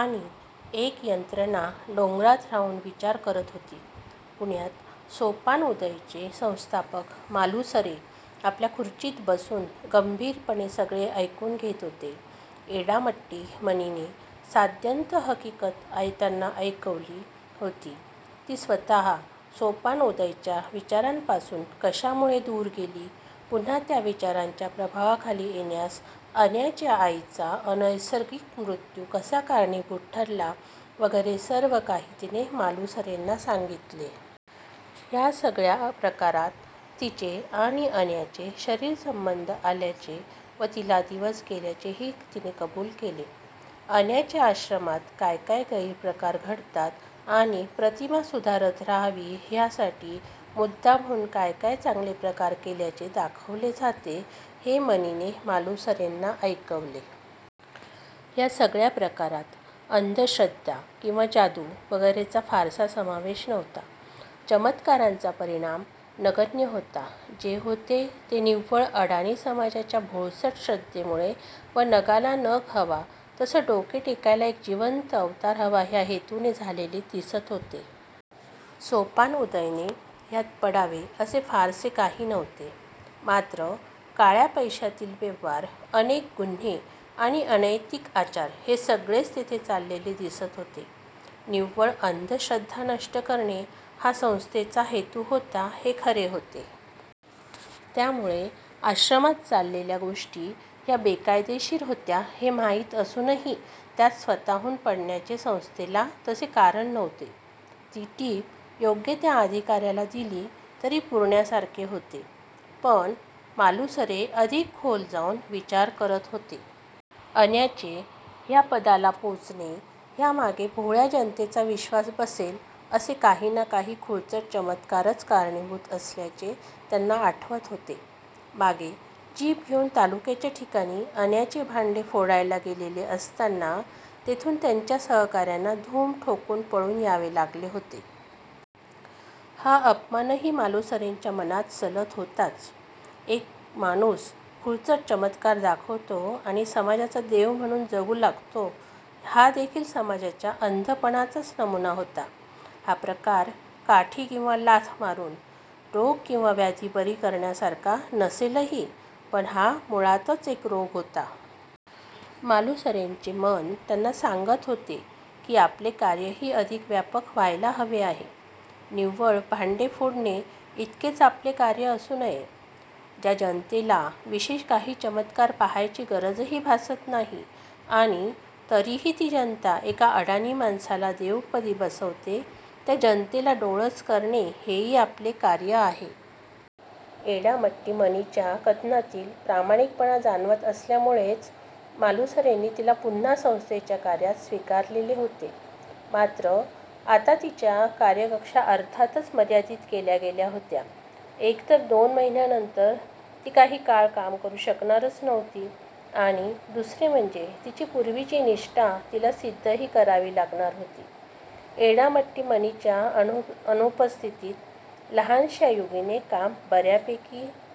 आणि एक यंत्रणा डोंगरात राहून विचार करत होती. पुण्यात सोपान उदयचे संस्थापक मालुसरे आपल्या खुर्चीत बसून गंभीरपणे सगळे ऐकून घेत होते. एडामट्टी मणीने साद्यंत हकीकत त्यांना ऐकवली होती. ती स्वतः सोपान उदयच्या विचारांपासून कशामुळे दूर गेली, पुन्हा त्या विचारांच्या प्रभावाखाली येण्यास अन्याच्या आईचा अनैसर्गिक मृत्यू कसा कारणीभूत ठरला वगैरे सर्व काही तिने मालुसरेंना सांगितले. ह्या सगळ्या प्रकारात तिचे आणि अन्याचे शरीरसंबंध आल्याचे व तिला दिवस गेल्याचेही तिने कबूल केले. अन्याच्या आश्रमात काय काय गैरप्रकार घडतात आणि प्रतिमा सुधारत राहावी ह्यासाठी मुद्दामहून काय काय चांगले प्रकार केल्याचे दाखवले जाते हे मणीने मालुसरेंना ऐकवले. ह्या सगळ्या प्रकारात अंधश्रद्धा किंवा जादू वगैरेचा फारसा समावेश नव्हता. चमत्कारांचा परिणाम नगण्य होता. जे होते ते निव्वळ अडाणी समाजाच्या भोळसट श्रद्धेमुळे व नगाला नग हवा तसा डोके टेकायला एक जिवंत अवतार हवा ह्या हेतूने झालेले दिसत होते. सोपान उदयने ह्यात पडावे असे फारसे काही नव्हते. मात्र काळ्या पैश्यातील व्यवहार, अनेक गुन्हे आणि अनैतिक आचार हे सगळेच तेथे चाललेले दिसत होते. निव्वळ अंधश्रद्धा नष्ट करणे हा संस्थेचा हेतू होता हे खरे होते. त्यामुळे आश्रमात चाललेल्या गोष्टी ह्या बेकायदेशीर होत्या हे माहीत असूनही त्यात स्वतःहून पडण्याचे संस्थेला तसे कारण नव्हते. ती टीप योग्य त्या अधिकाऱ्याला दिली तरी पुरण्यासारखे होते. पण मालुसरे अधिक खोल जाऊन विचार करत होते. अन्याचे ह्या पदाला पोचणे ह्यामागे भोळ्या जनतेचा विश्वास बसेल असे काही ना काही खुळचट चमत्कारच कारणीभूत असल्याचे त्यांना आठवत होते. मागे जीप घेऊन तालुक्याच्या ठिकाणी अन्याचे भांडे फोडायला गेलेले असताना तेथून त्यांच्या सहकाऱ्यांना धूम ठोकून पळून यावे लागले होते. हा अपमानही मालुसरेंच्या मनात सलत होताच. एक माणूस खुळचट चमत्कार दाखवतो आणि समाजाचा देव म्हणून जगू लागतो हादेखील समाजाच्या अंधपणाचाच नमुना होता. हा प्रकार काठी किंवा लाथ मारून रोग किंवा व्याधी बरी करण्यासारखा नसेलही, पण हा मुळातच एक रोग होता. मालुसरेंचे मन त्यांना सांगत होते की आपले कार्यही अधिक व्यापक व्हायला हवे आहे. निव्वळ भांडे फोडणे इतकेच आपले कार्य असू नये. ज्या जनतेला विशेष काही चमत्कार पाहायची गरजही भासत नाही आणि तरीही ती जनता एका अडाणी माणसाला देवपदी बसवते त्या जनतेला डोळस करणे हेही आपले कार्य आहे. एडामट्टी मणीच्या कथनातील प्रामाणिकपणा जाणवत असल्यामुळेच मालुसरेंनी तिला पुन्हा संस्थेच्या कार्यात स्वीकारलेले होते. मात्र आता तिच्या कार्यकक्षा अर्थातच मर्यादित केल्या गेल्या होत्या. एक तर दोन महिन्यांनंतर ती काही काळ काम करू शकणारच नव्हती आणि दुसरे म्हणजे तिची पूर्वीची निष्ठा तिला सिद्धही करावी लागणार होती. एडामट्टी मणीच्या अनुपस्थितीत लहानश्या युगीने काम बऱ्यापैकी